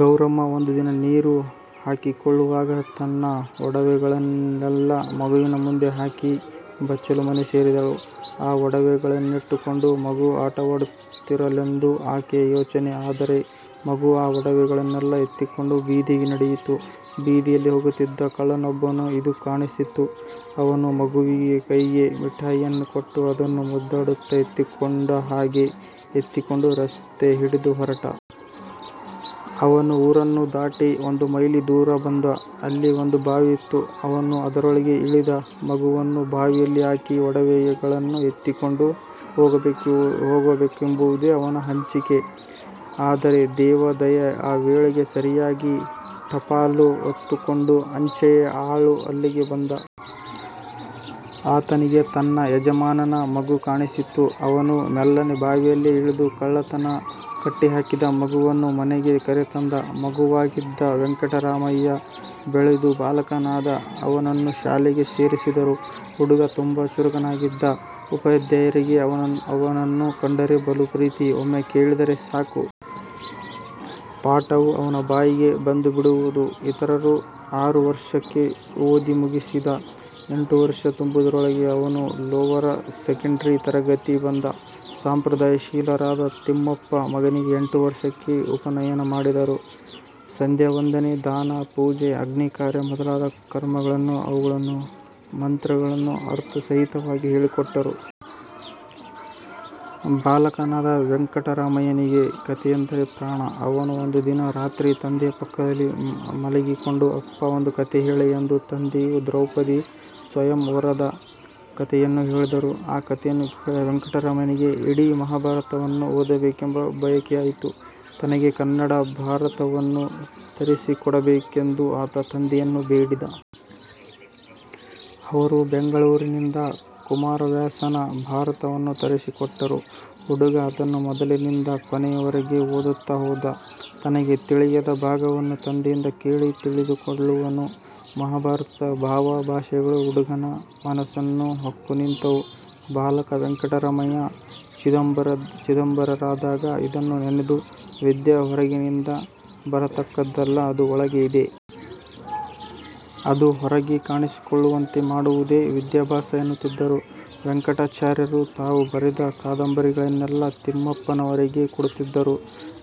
ಗೌರಮ್ಮ ಒಂದು ದಿನ ನೀರು ಹಾಕಿಕೊಳ್ಳುವಾಗ ತನ್ನ ಒಡವೆಗಳನ್ನೆಲ್ಲ ಮಗುವಿನ ಮುಂದೆ ಹಾಕಿ ಬಚ್ಚಲು ಮನೆ ಸೇರಿದಳು. ಆ ಒಡವೆಗಳನ್ನಿಟ್ಟುಕೊಂಡು ಮಗು ಆಟವಾಡುತ್ತಿರಲೆಂದು ಆಕೆಯ ಯೋಚನೆ. ಆದರೆ ಮಗು ಆ ಒಡವೆಗಳನ್ನೆಲ್ಲ ಎತ್ತಿಕೊಂಡು ಬೀದಿಗೆ ನಡೆಯಿತು. ಬೀದಿಯಲ್ಲಿ ಹೋಗುತ್ತಿದ್ದ ಕಳ್ಳನೊಬ್ಬನಿಗೆ ಇದು ಕಾಣಿಸಿತು. ಅವನು ಮಗುವಿಗೆ ಕೈಗೆ ಮಿಠಾಯಿಯನ್ನು ಕೊಟ್ಟು, ಅದನ್ನು ಮುದ್ದಾಡುತ್ತಾ ಎತ್ತಿಕೊಂಡ: ಹಾಗೆ ಎತ್ತಿಕೊಂಡು ರಸ್ತೆ ಹಿಡಿದು ಹೊರಟ. ಅವನು ಊರನ್ನು ದಾಟಿ, ಒಂದು ಮೈಲಿ ದೂರ ಬಂದ. ಅಲ್ಲಿ ಒಂದು ಬಾವಿ ಇತ್ತು. ಅವನು ಅದರೊಳಗೆ ಇಳಿದ. ಮಗುವನ್ನು ಬಾವಿಯಲ್ಲಿ ಹಾಕಿ, ಒಡವೆಗಳನ್ನು ಎತ್ತಿಕೊಂಡು ಹೋಗಬೇಕೆಂಬುವುದೇ ಅವನ ಹಂಚಿಕೆ. ಆದರೆ ದೇವ ದಯೆ ಆ ವೇಳೆಗೆ ಸರಿಯಾಗಿ ಟಪಾಲು ಹೊತ್ತುಕೊಂಡು ಅಂಚೆಯ ಆಳು ಅಲ್ಲಿಗೆ ಬಂದ. ಆತನಿಗೆ ತನ್ನ ಯಜಮಾನನ ಮಗು ಕಾಣಿಸಿತು. ಅವನು ಮೆಲ್ಲನೆ ಬಾವಿಯಲ್ಲಿ ಇಳಿದು ಕಳ್ಳನನ್ನು ಕಟ್ಟಿಹಾಕಿದ. ಮಗುವನ್ನು ಮನೆಗೆ ಕರೆ ತಂದ. ಮಗುವಾಗಿದ್ದ ವೆಂಕಟರಾಮಯ್ಯ ಬೆಳೆದು ಬಾಲಕನಾದ. ಅವನನ್ನು ಶಾಲೆಗೆ ಸೇರಿಸಿದರು. ಹುಡುಗ ತುಂಬಾ ಚುರುಕನಾಗಿದ್ದ. ಉಪಾದ್ಯಾಯರಿಗೆ ಅವನನ್ನು ಕಂಡರೆ ಬಲು ಪ್ರೀತಿ. ಒಮ್ಮೆ ಕೇಳಿದರೆ ಸಾಕು. ಪಾಠವು ಅವನ ಬಾಯಿಗೆ ಬಂದುಬಿಡುವುದು. ಇತರರು ಆರು ವರ್ಷಕ್ಕೆ ಓದಿ ಮುಗಿಸಿದ. ಎಂಟು ವರ್ಷ ತುಂಬುವುದರೊಳಗೆ ಅವನು ಲೋವರ ಸೆಕೆಂಡರಿ ತರಗತಿಗೆ ಬಂದ. ಸಂಪ್ರದಾಯಶೀಲರಾದ ತಿಮ್ಮಪ್ಪ ಮಗನಿಗೆ ಎಂಟು ವರ್ಷಕ್ಕೆ ಉಪನಯನ ಮಾಡಿದರು. ಸಂದ್ಯಾವಂದನೆ, ದಾನ, ಪೂಜೆ, ಅಗ್ನಿ ಕಾರ್ಯ ಮೊದಲಾದ ಕರ್ಮಗಳನ್ನು ಅವುಗಳನ್ನು ಮಂತ್ರಗಳನ್ನು ಅರ್ಥಸಹಿತವಾಗಿ ಹೇಳಿಕೊಟ್ಟರು. ಬಾಲಕನಾದ ವೆಂಕಟರಾಮಯ್ಯನಿಗೆ ಕಥೆಯೆಂದರೆ ಪ್ರಾಣ. ಅವನು ಒಂದು ದಿನ ರಾತ್ರಿ ತಂದೆಯ ಪಕ್ಕದಲ್ಲಿ ಮಲಗಿಕೊಂಡು, "ಅಪ್ಪಾ ಒಂದು ಕಥೆ ಹೇಳಿ:" ಎಂದ. ತಂದೆಯು ದ್ರೌಪದಿ ಸ್ವಯಂ ವರದ ಕಥೆಯನ್ನು ಹೇಳಿದರು. ಆ ಕಥೆಯನ್ನು ಕೇಳಿದ ವೆಂಕಟರಾಮಯ್ಯನಿಗೆ ಇಡೀ ಮಹಾಭಾರತವನ್ನು ಓದಬೇಕೆಂಬ ಬಯಕೆಯಾಯಿತು. ತನಗೆ ಕನ್ನಡ ಭಾರತವನ್ನು ತರಿಸಿಕೊಡಬೇಕೆಂದು ಆತ ತಂದೆಯನ್ನು ಬೇಡಿದ. ಅವರು ಬೆಂಗಳೂರಿನಿಂದ ಕುಮಾರವ್ಯಾಸನ ಭಾರತವನ್ನು ತರಿಸಿಕೊಟ್ಟರು. ಹುಡುಗ ಅದನ್ನು ಮೊದಲಿನಿಂದ ಕೊನೆಯವರೆಗೆ ಓದುತ್ತಾ ಹೋದ. ತನಗೆ ತಿಳಿಯದ ಭಾಗವನ್ನು ತಂದೆಯಿಂದ ಕೇಳಿ ತಿಳಿದುಕೊಳ್ಳುವನು. ಮಹಾಭಾರತದ ಭಾವ, ಭಾಷೆಗಳು ಹುಡುಗನ ಮನಸ್ಸನ್ನು ಹೊಕ್ಕು ನಿಂತವು. ಬಾಲಕ ವೆಂಕಟರಾಮಯ್ಯ ಚಿದಂಬರರಾದಾಗ ಇದನ್ನು ನೆನೆದು, ವಿದ್ಯೆ ಹೊರಗಿನಿಂದ ಬರತಕ್ಕದ್ದಲ್ಲ: ಅದು ಒಳಗೆ ಇದೆ. ಅದು ಹೊರಗೆ ಕಾಣಿಸಿಕೊಳ್ಳುವಂತೆ ಮಾಡುವುದೇ ವಿಧ್ಯಾಬ್ಯಾಸ ಎನ್ನುತ್ತಿದ್ದರು. ವೆಂಕಟಾಚಾರ್ಯರು ತಾವು ಬರೆದ ಕಾದಂಬರಿಗಳನ್ನೆಲ್ಲ ತಿಮ್ಮಪ್ಪನವರಿಗೆ ಕೊಡುತಿದ್ದರು.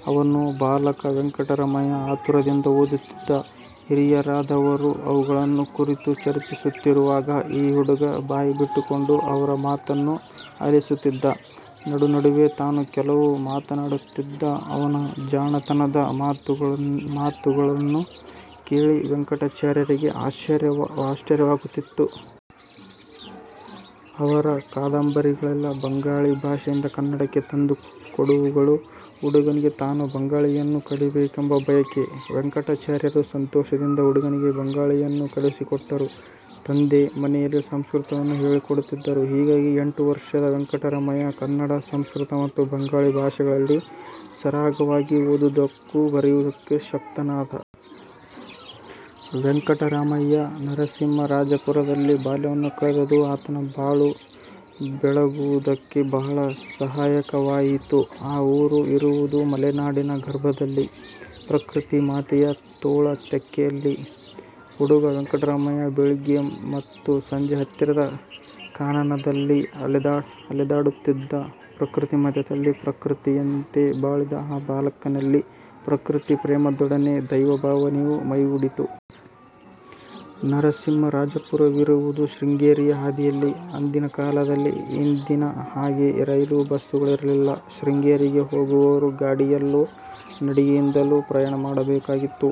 ಅವನ್ನು ಬಾಲಕ ವೆಂಕಟರಾಮಯ್ಯ ಆತುರದಿಂದ ಓದುತ್ತಿದ್ದ. ಹಿರಿಯರಾದವರು ಅವುಗಳನ್ನು ಕುರಿತು ಚರ್ಚಿಸುತ್ತಿರುವಾಗ ಈ ಹುಡುಗ ಬಾಯಿಬಿಟ್ಟುಕೊಂಡು ಅವರ ಮಾತನ್ನು ಆಲಿಸುತ್ತಿದ್ದ. ನಡು-ನಡುವೆ ತಾನೂ ಕೆಲವು ಮಾತನ್ನಾಡುತ್ತಿದ್ದ. ಅವನ ಜಾಣತನದ ಮಾತುಗಳನ್ನು ಕೇಳಿ ವೆಂಕಟಾಚಾರ್ಯರಿಗೆ ಆಶ್ಚರ್ಯವಾಗುತ್ತಿತ್ತು. ಅವರ ಕಾದಂಬರಿಗಳೆಲ್ಲ ಬಂಗಾಳಿ ಭಾಷೆಯಿಂದ ಕನ್ನಡಕ್ಕೆ ತಂದುಕೊಂಡವುಗಳು. ಹುಡುಗನಿಗೆ ತಾನೂ ಬಂಗಾಳಿಯನ್ನು ಕಲಿಯಬೇಕೆಂಬ ಬಯಕೆ. ವೆಂಕಟಾಚಾರ್ಯರು ಸಂತೋಷದಿಂದ ಹುಡುಗನಿಗೆ ಬಂಗಾಳಿಯನ್ನು ಕಲಿಸಿಕೊಟ್ಟರು. ತಂದೆ ಮನೆಯಲ್ಲಿ ಸಂಸ್ಕೃತವನ್ನು ಹೇಳಿಕೊಡುತ್ತಿದ್ದರು. ಹೀಗಾಗಿ ಎಂಟು ವರ್ಷದ ವೆಂಕಟರಾಮಯ್ಯ ಕನ್ನಡ, ಸಂಸ್ಕೃತ ಮತ್ತು ಬಂಗಾಳಿ ಭಾಷೆಗಳಲ್ಲಿ ಸರಾಗವಾಗಿ ಓದುವುದಕ್ಕೂ ಬರೆಯುವುದಕ್ಕೂ ಶಕ್ತನಾದ. ವೆಂಕಟರಾಮಯ್ಯ ನರಸಿಂಹರಾಜಪುರದಲ್ಲಿ ಬಾಲ್ಯವನ್ನು ಕಳೆದುದು ಆತನ ಬಾಳು ಬೆಳಗುವುದಕ್ಕೆ ಬಹಳ ಸಹಾಯಕವಾಯಿತು. ಆ ಊರು ಇರುವುದು ಮಲೆನಾಡಿನ ಗರ್ಭದಲ್ಲಿ; ಪ್ರಕೃತಿ ಮಾತೆಯ ತೋಳ ತೆಕ್ಕೆಯಲ್ಲಿ ಹುಡುಗ ವೆಂಕಟರಾಮಯ್ಯ ಬೆಳಿಗ್ಗೆ ಮತ್ತು ಸಂಜೆ ಹತ್ತಿರದ ಕಾನನದಲ್ಲಿ ಅಲೆದಾಡುತ್ತಿದ್ದ. ಪ್ರಕೃತಿ ಮಧ್ಯದಲ್ಲಿ ಪ್ರಕೃತಿಯಂತೆ ಬಾಳಿದ ಆ ಬಾಲಕನಲ್ಲಿ ಪ್ರಕೃತಿ ಪ್ರೇಮದೊಡನೆ ದೈವಭಾವನೆಯೂ ಮೈಗೂಡಿತು. ನರಸಿಂಹರಾಜಪುರವಿರುವುದು ಶೃಂಗೇರಿಯ ಹಾದಿಯಲ್ಲಿ. ಹಿಂದಿನ ಕಾಲದಲ್ಲಿ ಇಂದಿನ ಹಾಗೆ ರೈಲು, ಬಸ್ಸುಗಳೀರಲಿಲ್ಲ. ಶೃಂಗೇರಿಗೆ ಹೋಗುವವರು ಗಾಡಿಯಲ್ಲೊ, ನಡಿಗೆಯಿಂದಲೋ ಪ್ರಯಣ ಮಾಡಬೇಕಾಗಿತ್ತು.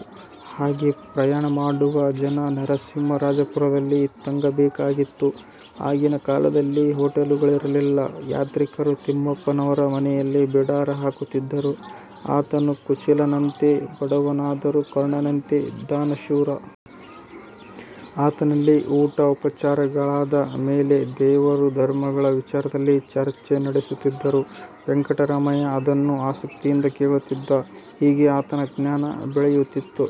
ಹಾಗೆ ಪ್ರಯಾಣ ಮಾಡುವ ಜನ ನರಸಿಂಹರಾಜಪುರದಲ್ಲಿ ತಂಗಬೇಕಾಗಿತ್ತು. ಆಗಿನ ಕಾಲದಲ್ಲಿ ಹೋಟೆಲುಗಳಿರಲಿಲ್ಲ. ಯಾತ್ರಿಕರು ತಿಮ್ಮಪ್ಪನವರ ಮನೆಯಲ್ಲಿ ಬಿಡಾರ ಹಾಕುತ್ತಿದ್ದರು. ಆತನು ಕುಚೇಲನಂತೆ ಬಡವನಾದರೂ ಕರ್ಣನಂತೆ ದಾನಶೂರ. ಆತನಲ್ಲಿ ಊಟ ಉಪಚಾರಗಳಾದ ಮೇಲೆ ದೇವರು- ಧರ್ಮಗಳ ವಿಚಾರದಲ್ಲಿ ಚಿರ್ಚೆ ನಡೆಸುತ್ತಿದ್ದರು. ವೆಂಕಟರಾಮಯ್ಯ ಅದನ್ನು ಆಸಕ್ತಿಯಿಂದ ಕೇಳುತ್ತಿದ್ದ. ಹೀಗೆ ಆತನ ಜ್ಞಾನ ಬೆಳೆಯುತ್ತಿತ್ತು.